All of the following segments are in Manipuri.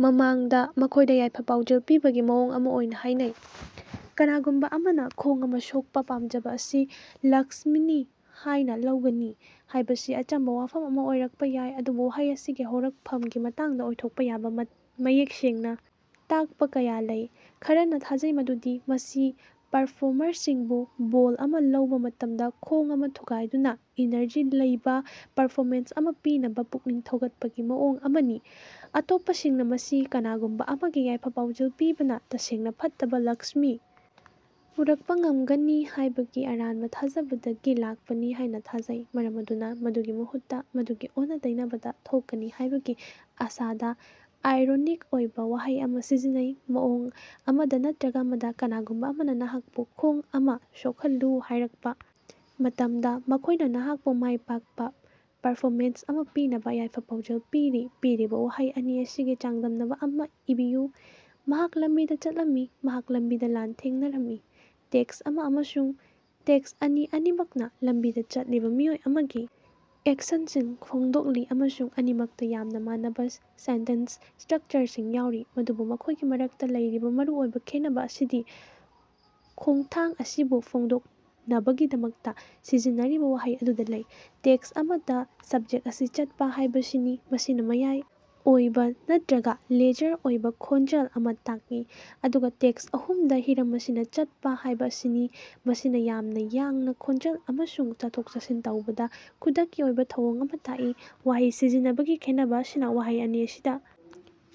ꯃꯃꯥꯡꯗ ꯃꯈꯣꯏꯗ ꯌꯥꯏꯐ-ꯄꯥꯎꯖꯦꯜ ꯄꯤꯕꯒꯤ ꯃꯑꯣꯡ ꯑꯃ ꯑꯣꯏꯅ ꯍꯥꯏꯅꯩ꯫ ꯀꯅꯥꯒꯨꯝꯕ ꯑꯃꯅ ꯈꯣꯡ ꯑꯃ ꯁꯣꯛꯄꯥ ꯄꯥꯃꯖꯕ ꯑꯁꯤ ꯂꯛꯁ꯭ꯃꯤꯅꯤ ꯍꯥꯏꯅ ꯂꯧꯒꯅꯤ ꯍꯥꯏꯕꯁꯤ ꯑꯆꯝꯕ ꯋꯥꯐꯝ ꯑꯃ ꯑꯣꯏꯔꯛꯄ ꯌꯥꯏ, ꯑꯗꯨꯕꯨ ꯋꯥꯍꯩ ꯑꯁꯤꯒꯤ ꯍꯧꯔꯛꯐꯝꯒꯤ ꯃꯇꯥꯡꯗ ꯑꯣꯏꯊꯣꯛꯄꯥ ꯌꯥꯕꯥ ꯃꯥ ꯃꯌꯦꯛ ꯁꯦꯡꯅ ꯇꯥꯛꯄ ꯀꯌꯥ ꯂꯩ꯫ ꯈꯔꯅ ꯊꯥꯖꯩ ꯃꯗꯨꯗꯤ ꯃꯁꯤ ꯄꯔꯐ꯭ꯣꯔꯃꯔꯁꯤꯡꯕꯨ ꯕꯣꯜ ꯑꯃ ꯂꯧꯕ ꯃꯇꯝꯗ "ꯈꯣꯡ ꯑꯃꯥ ꯊꯨꯒꯥꯏꯗꯨꯅꯥ" ꯏꯅꯔꯖꯤ ꯂꯩꯕ ꯄꯔꯐꯣꯃꯦꯟꯁ ꯑꯃ ꯄꯤꯅꯕ ꯄꯨꯛꯅꯤꯡ ꯊꯧꯒꯠꯄꯒꯤ ꯃꯑꯣꯡ ꯑꯃꯅꯤ꯫ ꯑꯇꯣꯞꯄꯁꯤꯡꯅ ꯃꯁꯤ ꯀꯅꯥꯒꯨꯝꯕ ꯑꯃꯒꯤ ꯌꯥꯏꯐ-ꯄꯥꯎꯖꯦꯜ ꯄꯤꯕꯅ ꯇꯁꯦꯡꯅꯥ ꯐꯠꯇꯕ ꯂꯛꯁ꯭ꯃꯤ ꯄꯨꯔꯛꯄ ꯉꯝꯒꯅꯤ ꯍꯥꯏꯕꯒꯤ ꯑꯔꯥꯟꯕ ꯊꯥꯖꯕꯗꯒꯤ ꯂꯥꯛꯄꯅꯤ ꯍꯥꯏꯅ ꯊꯥꯖꯩ, ꯃꯔꯝ ꯑꯗꯨꯅ ꯃꯗꯨꯒꯤ ꯃꯍꯨꯠꯇ, ꯃꯗꯨꯒꯤ ꯑꯣꯟꯅ-ꯇꯩꯅꯕꯗ ꯊꯣꯛꯀꯅꯤ ꯍꯥꯏꯕꯒꯤ ꯑꯥꯁꯥꯗ ꯑꯥꯏꯔꯣꯅꯤꯛ ꯑꯣꯏꯕ ꯋꯥꯍꯩ ꯑꯃ ꯁꯤꯖꯤꯟꯅꯩ꯫ ꯃꯑꯣꯡ ꯑꯃꯗ ꯅꯠꯇꯔ꯭ꯒ ꯑꯃꯗ, ꯀꯅꯥꯒꯨꯝꯕ ꯑꯃꯅ ꯅꯍꯥꯛꯄꯨ "ꯈꯣꯡ ꯑꯃꯥ ꯁꯣꯛꯍꯜꯂꯨ" ꯍꯥꯏꯔꯛꯄꯥ ꯃꯇꯝꯗ, ꯃꯈꯣꯏꯅ ꯅꯍꯥꯀꯄꯨ ꯃꯥꯏ ꯄꯥꯛꯄ ꯄꯔꯐꯣꯃꯦꯟꯁ ꯑꯃꯥ ꯄꯤꯅꯕ ꯌꯥꯏꯐ-ꯄꯥꯎꯖꯦꯜ ꯄꯤꯔꯤ꯫ ꯄꯤꯔꯤꯕ ꯋꯥꯍꯩ ꯑꯅꯤ ꯑꯁꯤꯒꯤ ꯆꯥꯡꯗꯝꯅꯕ ꯑꯃꯥ ꯏꯕꯤꯌꯨ꯫ ꯃꯍꯥꯛ ꯂꯝꯕꯤꯗ ꯆꯠꯂꯝꯃꯤ꯫ ꯃꯍꯥꯛ ꯂꯝꯕꯤꯗ ꯂꯥꯟꯊꯦꯡꯅꯔꯝꯃꯤ꯫ ꯇꯦꯛꯁ ꯑꯃ ꯑꯃꯁꯨꯡ ꯇꯦꯛꯁ ꯑꯅꯤ ꯑꯅꯤꯃꯛꯅ ꯂꯝꯕꯤꯗ ꯆꯠꯂꯤꯕ ꯃꯤꯑꯣꯏ ꯑꯃꯒꯤ ꯑꯦꯛꯁꯟꯁꯤꯡ ꯐꯣꯡꯗꯣꯛꯂꯤ, ꯑꯃꯁꯨꯡ ꯑꯅꯤꯃꯛꯇ ꯌꯥꯝꯅ ꯃꯥꯟꯅꯕ ꯁꯦꯟꯇꯦꯟꯁ ꯁ꯭ꯇꯔꯛꯆꯔꯁꯤꯡ ꯌꯥꯎꯔꯤ꯫ ꯑꯗꯨꯕꯨ ꯃꯈꯣꯏꯒꯤ ꯃꯔꯛꯇ ꯂꯩꯔꯤꯕ ꯃꯔꯨ ꯑꯣꯏꯕ ꯈꯦꯟꯅꯕ ꯑꯁꯤꯗꯤ ꯈꯣꯡꯊꯥꯡ ꯑꯁꯤꯕꯨ ꯐꯣꯡꯗꯣꯛꯅꯕꯒꯤꯗꯃꯛꯇ ꯁꯤꯖꯤꯟꯅꯔꯤꯕ ꯋꯥꯍꯩ ꯑꯗꯨꯗ ꯂꯩ꯫ ꯇꯦꯛꯁ ꯑꯃ ꯗ ꯁꯕꯖꯦꯛ ꯑꯁꯤ "ꯆꯠꯄ" ꯍꯥꯏꯕꯁꯤꯅꯤ ꯃꯁꯤꯅ ꯃꯌꯥꯏ ꯑꯣꯏꯕꯥ ꯅꯠꯇꯔ꯭ꯒ ꯂꯦꯖꯔ ꯑꯣꯏꯕ ꯈꯣꯡꯖꯦꯜ ꯑꯃ ꯇꯥꯛꯏ, ꯑꯗꯨꯒꯥ ꯇꯦꯛꯁ ꯑꯍꯨꯝ ꯗꯥ ꯍꯤꯔꯝ ꯑꯁꯤꯅꯥ "ꯆꯠꯄ" ꯍꯥꯢꯕꯁꯤꯅꯤ ꯃꯁꯤꯅ ꯌꯥꯝꯅꯥ ꯌꯥꯡꯅ ꯈꯣꯡꯖꯦꯜ ꯑꯃꯁꯨꯡ ꯆꯠꯊꯣꯛ-ꯆꯠꯁꯤꯟ ꯇꯧꯕꯗ ꯈꯨꯗꯛꯀꯤ ꯑꯣꯏꯕ ꯊꯧꯑꯣꯡ ꯑꯃ ꯇꯥꯛꯏ꯫ ꯋꯥꯍꯩ ꯁꯤꯖꯤꯟꯅꯕꯒꯤ ꯈꯦꯟꯅꯕ ꯑꯁꯤꯅ ꯋꯥꯍꯩ ꯑꯅꯤꯁꯤꯗ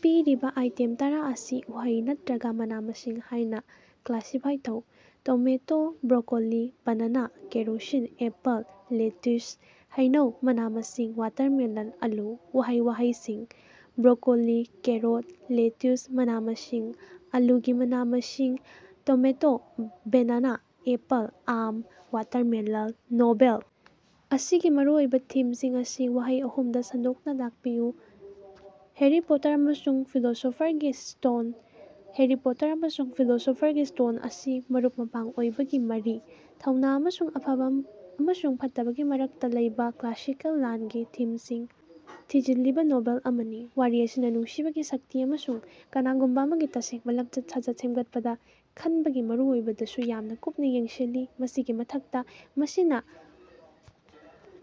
ꯄꯤꯔꯤꯕ ꯑꯥꯏꯇꯦꯝ ꯇꯔꯥ ꯑꯁꯤ ꯎꯍꯩ ꯅꯠꯇꯔꯒꯥ ꯃꯅꯥ-ꯃꯁꯤꯡ ꯍꯥꯏꯅ ꯀ꯭ꯂꯥꯁꯤꯐꯥꯏ ꯇꯧ꯫ Tomato, broccoli, banana, kerosene, apple, lettuce, ꯍꯩꯅꯧ, ꯃꯅꯥ-ꯃꯁꯤꯡ, ꯋꯥꯇ꯭ꯔꯃꯦꯜ, ꯑꯥꯂꯨ꯫ ꯎꯍꯩ-ꯋꯥꯍꯩꯁꯤꯡ: ꯕ꯭ꯔꯣꯀꯣꯂꯤ, ꯀꯦꯔꯣꯠ, ꯂꯦꯇꯨꯁ, ꯃꯅꯥ-ꯃꯁꯤꯡ, ꯑꯥꯂꯨꯒꯤ ꯃꯅꯥ-ꯃꯁꯤꯡ ꯇꯣꯃꯦꯇꯣ, ꯕꯦꯅꯥꯅꯥ, ꯑꯦꯄꯜ, ꯑꯥꯝ, ꯋꯥꯇꯔꯃꯦꯜ꯫ ꯅꯣꯚꯦꯜ ꯑꯁꯤꯒꯤ ꯃꯔꯨꯑꯣꯏꯕ ꯊꯤꯝꯁꯤꯡ ꯑꯁꯤ ꯋꯥꯍꯩ ꯑꯍꯨꯝ ꯗ ꯁꯟꯗꯣꯛꯅ ꯇꯥꯛꯄꯤꯌꯨ꯫ ꯍ꯭ꯌꯥꯔꯤ ꯄꯣꯇꯥꯔ ꯑꯃꯁꯨꯡ ꯐꯤꯂꯣꯁꯣꯐꯔꯒꯤ ꯁ꯭ꯇꯣꯟ꯫ ꯍ꯭ꯌꯥꯔꯤ ꯄꯣꯇꯔ ꯑꯃꯁꯨꯡ ꯐꯤꯂꯣꯁꯣꯐꯔꯒꯤ ꯁ꯭ꯇꯣꯟ ꯑꯁꯤ ꯃꯔꯨꯞ-ꯃꯄꯥꯡ ꯑꯣꯏꯕꯒꯤ ꯃꯔꯤ, ꯊꯧꯅꯥ ꯑꯃꯁꯨꯡ ꯑꯐꯕ ꯑꯃꯁꯨꯡ ꯐꯠꯇꯕꯒꯤ ꯃꯔꯛꯇ ꯂꯩꯕꯥ ꯀ꯭ꯂꯥꯁꯤꯀꯦꯜ ꯂꯥꯟꯒꯤ ꯊꯤꯝꯁꯤꯡ ꯊꯤꯖꯤꯜꯂꯤꯕ ꯅꯣꯚꯦꯜ ꯑꯃꯅꯤ꯫ ꯋꯥꯔꯤ ꯑꯁꯤꯅ ꯅꯨꯡꯁꯤꯕꯒꯤ ꯁꯛꯇꯤ ꯑꯃꯁꯨꯡ ꯀꯅꯥꯒꯨꯝꯕ ꯑꯃꯒꯤ ꯇꯁꯦꯡꯕ ꯂꯃꯆꯠ-ꯁꯥꯖꯠ ꯁꯦꯃꯒꯠꯄꯗ ꯈꯟꯕꯒꯤ ꯃꯔꯨꯑꯣꯏꯕꯗꯁꯨ ꯌꯥꯝꯅ ꯀꯨꯞꯅ ꯌꯦꯡꯁꯤꯜꯂꯤ꯫ ꯃꯁꯤꯒꯤ ꯃꯊꯛꯇ, ꯃꯁꯤꯅ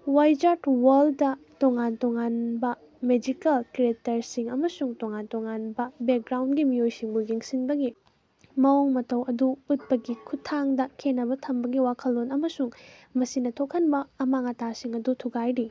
ꯋꯥꯏꯖꯥꯔꯗ ꯋꯥꯔꯜꯗꯅ ꯇꯣꯉꯥꯟ ꯇꯣꯉꯥꯅꯕ ꯃꯦꯖꯤꯀꯦꯜ ꯀ꯭ꯔꯤꯌꯦꯇꯔꯁꯤꯡ ꯑꯃꯁꯨꯡ ꯇꯣꯉꯥꯟ ꯇꯣꯉꯥꯟꯕ ꯕꯦꯀꯒ꯭ꯔꯥꯎꯟꯒꯤ ꯃꯤꯑꯣꯏꯁꯤꯡꯕꯨ ꯌꯦꯡꯁꯤꯟꯕꯒꯤ ꯃꯑꯣꯡ ꯃꯇꯧ ꯑꯗꯨ ꯎꯠꯄꯒꯤ ꯈꯨꯠꯊꯥꯡꯗ ꯈꯦꯟꯅꯕ ꯊꯝꯕꯒꯤ ꯋꯥꯈꯜꯂꯣꯟ ꯑꯃꯁꯨꯡ ꯃꯁꯤꯅꯥ ꯊꯣꯛꯍꯟꯕ ꯑꯃꯥꯡ-ꯑꯇꯥꯁꯤꯡ ꯑꯗꯨ ꯊꯨꯒꯥꯏꯔꯤ꯫